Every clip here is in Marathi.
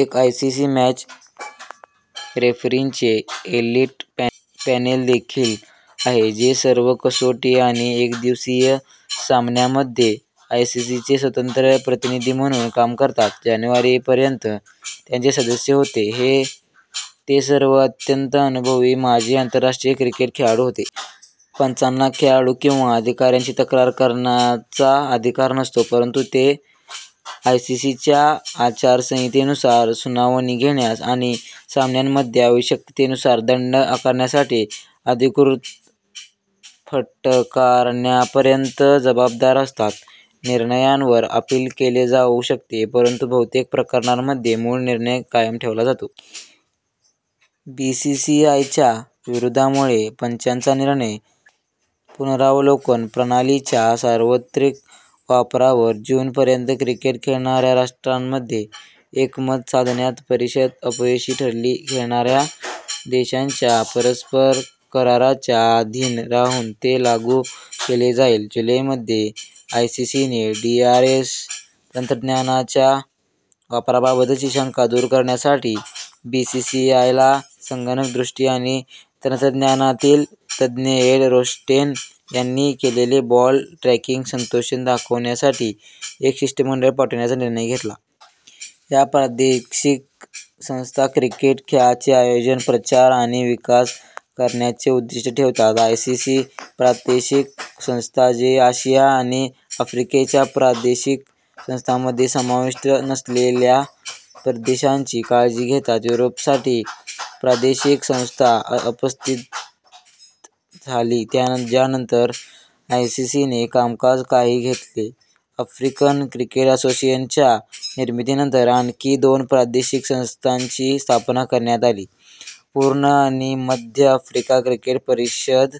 एक आयसीसी मॅच रेफरींचे एलिट पॅनेल देखील आहे जे सर्व कसोटी आणि एकदिवसीय सामन्यांमध्ये आयसीसीचे स्वतंत्र प्रतिनिधी म्हणून काम करतात. जानेवारी पर्यंत, त्याचे सदस्य होते, ते सर्व अत्यंत अनुभवी माजी आंतरराष्ट्रीय क्रिकेट खेळाडू होते. पंचांना खेळाडू किंवा अधिकाऱ्यांची तक्रार करण्याचा अधिकार नसतो, परंतु ते आयसीसीच्या आचारसंहितेनुसार सुनावणी घेण्यास आणि सामन्यांमध्ये आवश्यकतेनुसार दंड आकारण्यासाठी, अधिकृत फटकारण्यापर्यंत जबाबदार असतात. निर्णयांवर अपील केले जाऊ शकते, परंतु बहुतेक प्रकरणांमध्ये मूळ निर्णय कायम ठेवला जातो. बीसीसीआयच्या विरोधामुळे पंचांच्या निर्णय पुनरावलोकन प्रणालीच्या सार्वत्रिक वापरावर जून पर्यंत क्रिकेट खेळणाऱ्या राष्ट्रांमध्ये एकमत साधण्यात परिषद अपयशी ठरली. खेळणाऱ्या देशांच्या परस्पर कराराच्या अधीन राहून ते लागू केले जाईल. जुलै मध्ये, आयसीसीने डीआरएस तंत्रज्ञानाच्या वापराबाबतची शंका दूर करण्यासाठी बीसीसीआयला संगणक दृष्टी आणि तंत्रज्ञानातील तज्ञ एड रोस्टेन यांनी केलेले बॉल ट्रॅकिंग संशोधन दाखवण्यासाठी एक शिष्टमंडळ पाठवण्याचा निर्णय घेतला.। या प्रादेशिक संस्था क्रिकेट खेळाचे आयोजन, प्रचार आणि विकास करण्याचे उद्दिष्ट ठेवतात: आयसीसी प्रादेशिक संस्था जे आशिया आणि आफ्रिकेच्या प्रादेशिक संस्थांमध्ये समाविष्ट नसलेल्या प्रदेशांची काळजी घेतात: युरोपसाठी प्रादेशिक संस्था अस्थापित झाली ज्यानंतर आयसीसीने कामकाज हाती घेतले: आफ्रिकन क्रिकेट असोसिएशनच्या निर्मितीनंतर आणखी दोन प्रादेशिक संस्थांची स्थापना करण्यात आली: पूर्व आणि मध्य आफ्रिका क्रिकेट परिषद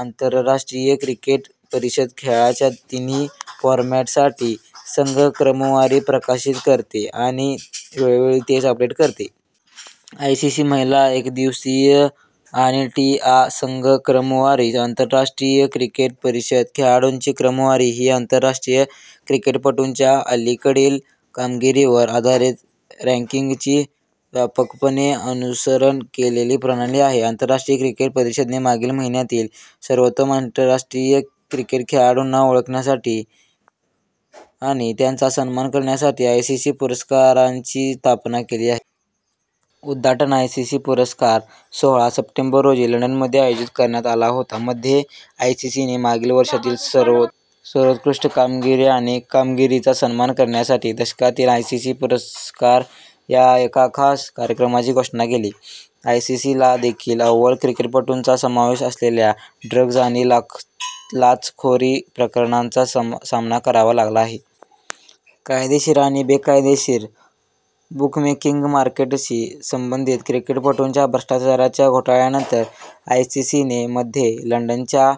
आंतरराष्ट्रीय क्रिकेट परिषद खेळाच्या तिन्ही फॉरमॅटसाठी संघ क्रमवारी प्रकाशित करते आणि वेळोवेळी तेच अपडेट करते. आयसीसी महिला एकदिवसीय आणि टी आ संघ क्रमवारी आंतरराष्ट्रीय क्रिकेट परिषद खेळाडूंची क्रमवारी ही आंतरराष्ट्रीय क्रिकेटपटूंच्या अलीकडील कामगिरीवर आधारित रँकिंगची व्यापकपणे अनुसरण केलेली प्रणाली आहे. आंतरराष्ट्रीय क्रिकेट परिषदेने मागील महिन्यांतील सर्वोत्तम आंतरराष्ट्रीय क्रिकेट खेळाडूंना ओळखण्यासाठी आणि त्यांचा सन्मान करण्यासाठी आयसीसी पुरस्कारां ची स्थापना केली आहे. उद्घाटन आयसीसी पुरस्कार सोहळा सप्टेंबर रोजी लंडनमध्ये आयोजित करण्यात आला होता. मध्ये, आयसीसीने मागील वर्षांतील सर्वोत्कृष्ट कामगिरी आणि कामगिरीचा सन्मान करण्यासाठी दशकातील आयसीसी पुरस्कार या एका खास कार्यक्रमाची घोषणा केली. आयसीसीला देखील अव्वल क्रिकेटपटूंचा समावेश असलेल्या ड्रग्ज आणि लाचखोरी प्रकरणांचा सामना करावा लागला आहे. कायदेशीर आणि बेकायदेशीर बुकमेकिंग मार्केटशी संबंधित क्रिकेटपटूंच्या भ्रष्टाचाराच्या घोटाळ्यांनंतर, आयसीसीने मध्ये लंडनच्या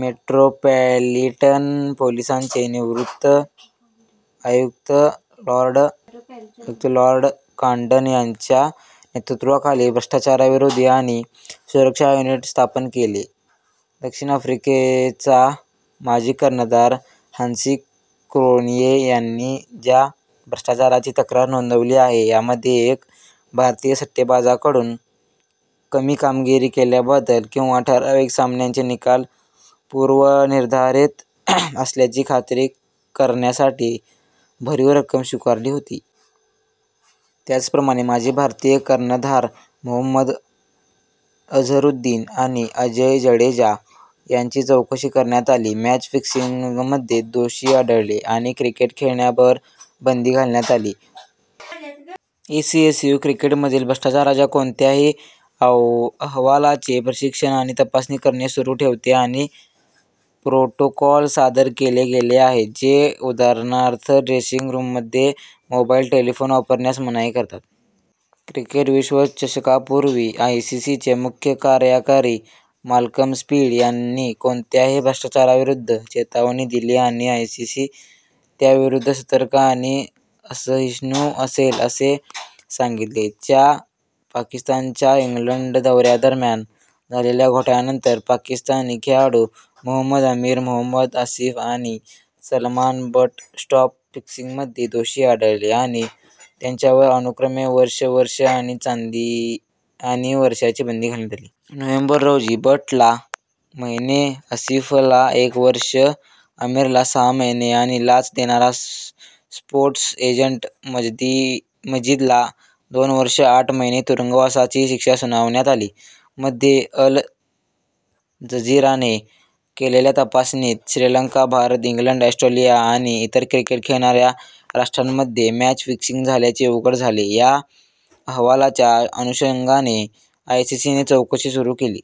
मेट्रोपॉलिटन पोलिसांचे निवृत्त आयुक्त, लॉर्ड कांडन यांच्या नेतृत्वाखाली भ्रष्टाचारविरोधी आणि सुरक्षा युनिट स्थापन केले. दक्षिण आफ्रिकेचा माजी कर्णधार हान्सी क्रोन्ये यांनी ज्या भ्रष्टाचाराची तक्रार नोंदवली आहे त्यामध्ये एक भारतीय सट्टेबाजाकडून कमी कामगिरी केल्याबद्दल किंवा ठराविक सामन्यांचे निकाल पूर्वनिर्धारित असल्याची खात्री करण्यासाठी भरीव रक्कम स्वीकारली होती. त्याचप्रमाणे, माजी भारतीय कर्णधार मोहम्मद अझरुद्दीन आणि अजय जडेजा यांची चौकशी करण्यात आली, मॅच फिक्सिंगमध्ये दोषी आढळले आणि क्रिकेट खेळण्यावर बंदी घालण्यात आली. एसीएसयू क्रिकेटमधील भ्रष्टाचाराच्या कोणत्याही अहवालाचे परीक्षण आणि तपासणी करणे सुरू ठेवते आणि प्रोटोकॉल सादर केले गेले आहेत, जे उदाहरणार्थ ड्रेसिंग रूममध्ये मोबाईल टेलिफोन वापरण्यास मनाई करतात. क्रिकेट विश्वचषकापूर्वी, आयसीसीचे मुख्य कार्यकारी माल्कम स्पीड यांनी कोणत्याही भ्रष्टाचाराविरुद्ध चेतावणी दिली आणि आयसीसी त्याविरुद्ध सतर्क आणि असहिष्णु असेल असे सांगितले. च्या पाकिस्तानच्या इंग्लंड दौऱ्यादरम्यान झालेल्या घोटाळ्यानंतर, पाकिस्तानी खेळाडू, मोहम्मद अमीर, मोहम्मद आसिफ आणि सलमान बट स्पॉट-फिक्सिंगमध्ये दोषी आढळले आणि त्यांच्यावर अनुक्रमे वर्षे, वर्षे आणि वर्षांची बंदी घालण्यात आली. नोव्हेंबर रोजी, बटला महिने, आसिफला एक वर्ष, अमीरला सहा महिने आणि लाच देणारा स्पोर्ट्स एजंट मजीदला दोन वर्षे आठ महिने तुरुंगवासाची शिक्षा सुनावण्यात आली. मध्ये, अल जझीराने केलेल्या तपासणीत श्रीलंका, भारत, इंग्लंड, ऑस्ट्रेलिया आणि इतर क्रिकेट खेळणाऱ्या राष्ट्रांमध्ये मॅच फिक्सिंग झाल्याचे उघड झाले. या अहवालाच्या अनुषंगाने आयसीसीने चौकशी सुरू केली.